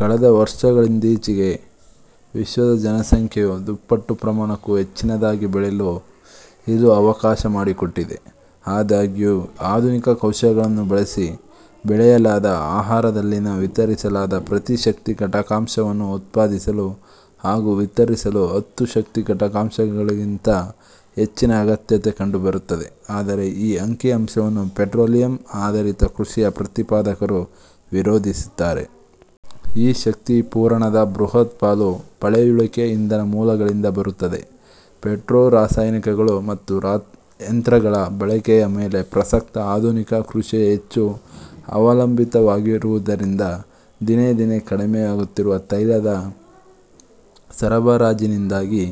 ಕಳೆದ ವರ್ಷಗಳಿಂದೀಚೆಗೆ ವಿಶ್ವದ ಜನಸಂಖ್ಯೆ ಯು ದುಪ್ಪಟ್ಟು ಪ್ರಮಾಣಕ್ಕೂ ಹೆಚ್ಚಿನದಾಗಿ ಬೆಳೆಯಲು ಇದು ಅವಕಾಶಮಾಡಿಕೊಟ್ಟಿದೆ. ಆದಾಗ್ಯೂ, ಆಧುನಿಕ ಕೌಶಲಗಳನ್ನು ಬಳಸಿ ಬೆಳೆಯಲಾದ ಆಹಾರದಲ್ಲಿನ ವಿತರಿಸಲಾದ ಪ್ರತಿ ಶಕ್ತಿ ಘಟಕಾಂಶವನ್ನು ಉತ್ಪಾದಿಸಲು ಹಾಗೂ ವಿತರಿಸಲು ಹತ್ತು ಶಕ್ತಿ ಘಟಕಾಂಶಗಳಿಗಿಂತ ಹೆಚ್ಚಿನ ಅಗತ್ಯತೆ ಕಂಡುಬರುತ್ತದೆ. ಆದರೆ ಈ ಅಂಕಿ-ಅಂಶವನ್ನು ಪೆಟ್ರೋಲಿಯಮ್ -ಆಧರಿತ ಕೃಷಿಯ ಪ್ರತಿಪಾದಕರು ವಿರೋಧಿಸುತ್ತಾರೆ. ಈ ಶಕ್ತಿ ಪೂರಣದ ಬೃಹತ್ ಪಾಲು ಪಳೆಯುಳಿಕೆ ಇಂಧನ ಮೂಲಗಳಿಂದ ಬರುತ್ತದೆ. ಪೆಟ್ರೋ-ರಾಸಾಯನಿಕಗಳು ಮತ್ತು ಯಂತ್ರಗಳ ಬಳಕೆಯ ಮೇಲೆ ಪ್ರಸಕ್ತ ಆಧುನಿಕ ಕೃಷಿಯು ಹೆಚ್ಚು ಅವಲಂಬಿತವಾಗಿರುವುದರಿಂದ, ದಿನೇ ದಿನೇ ಕಡಿಮೆಯಾಗುತ್ತಿರುವ ತೈಲದ ಸರಬರಾಜಿನಿಂದಾಗಿ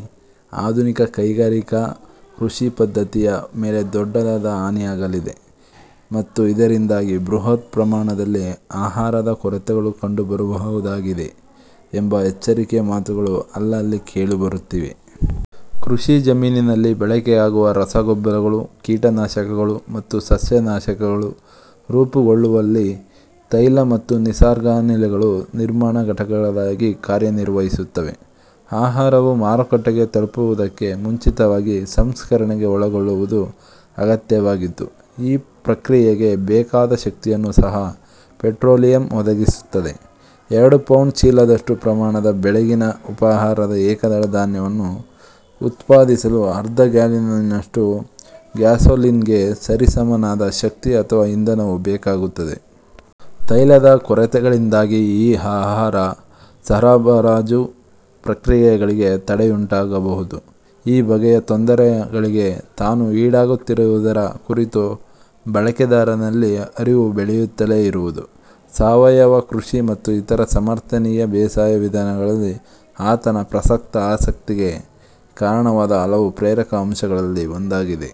ಆಧುನಿಕ ಕೈಗಾರಿಕಾ ಕೃಷಿಪದ್ಧತಿಯ ಮೇಲೆ ದೊಡ್ಡದಾದ ಹಾನಿಯಾಗಲಿದೆ, ಮತ್ತು ಇದರಿಂದಾಗಿ ಬೃಹತ್ ಪ್ರಮಾಣದಲ್ಲಿ ಆಹಾರದ ಕೊರತೆಗಳು ಕಂಡುಬರಬಹುದಾಗಿದೆ ಎಂಬ ಎಚ್ಚರಿಕೆಯ ಮಾತುಗಳು ಅಲ್ಲಲ್ಲಿ ಕೇಳಿಬರುತ್ತಿವೆ. ಕೃಷಿ ಜಮೀನಿನಲ್ಲಿ ಬಳಕೆಯಾಗುವ ರಸಗೊಬ್ಬರಗಳು, ಕೀಟನಾಶಕಗಳು ಮತ್ತು ಸಸ್ಯನಾಶಕಗಳು ರೂಪುಗೊಳ್ಳುವಲ್ಲಿ ತೈಲ ಮತ್ತು ನಿಸರ್ಗಾನಿಲಗಳು ನಿರ್ಮಾಣ ಘಟಕಗಳಾಗಿ ಕಾರ್ಯನಿರ್ವಹಿಸುತ್ತವೆ. ಆಹಾರವು ಮಾರುಕಟ್ಟೆಗೆ ತಲುಪುವುದಕ್ಕೆ ಮುಂಚಿತವಾಗಿ ಸಂಸ್ಕರಣೆಗೆ ಒಳಗೊಳ್ಳುವುದು ಅಗತ್ಯವಾಗಿದ್ದು, ಈ ಪ್ರಕ್ರಿಯೆಗೆ ಬೇಕಾದ ಶಕ್ತಿಯನ್ನೂ ಸಹ ಪೆಟ್ರೋಲಿಯಂ ಒದಗಿಸುತ್ತದೆ. ಎರಡು-ಪೌಂಡ್ ಚೀಲದಷ್ಟು ಪ್ರಮಾಣದ ಬೆಳಗಿನ ಉಪಹಾರದ ಏಕದಳ ಧಾನ್ಯವನ್ನು ಉತ್ಪಾದಿಸಲು ಅರ್ಧ-ಗ್ಯಾಲನ್ನಿನಷ್ಟು ಗ್ಯಾಸೋಲೀನ್ಗೆ ಸರಿಸಮನಾದ ಶಕ್ತಿ ಅಥವಾ ಇಂಧನವು ಬೇಕಾಗುತ್ತದೆ. ತೈಲದ ಕೊರತೆಗಳಿಂದಾಗಿ ಈ ಆಹಾರ ಸರಬರಾಜು ಪ್ರಕ್ರಿಯೆಗಳಿಗೆ ತಡೆಯುಂಟಾಗಬಹುದು. ಈ ಬಗೆಯ ತೊಂದರೆಗಳಿಗೆ ತಾನು ಈಡಾಗುತ್ತಿರುವುದರ ಕುರಿತು ಬಳಕೆದಾರನಲ್ಲಿ ಅರಿವು ಬೆಳೆಯುತ್ತಲೇ ಇರುವುದು, ಸಾವಯವ ಕೃಷಿ ಮತ್ತು ಇತರ ಸಮರ್ಥನೀಯ ಬೇಸಾಯ ವಿಧಾನಗಳಲ್ಲಿ ಆತನ ಪ್ರಸಕ್ತ ಆಸಕ್ತಿಗೆ ಕಾರಣವಾದ ಹಲವು ಪ್ರೇರಕ ಅಂಶಗಳಲ್ಲಿ ಒಂದಾಗಿದೆ.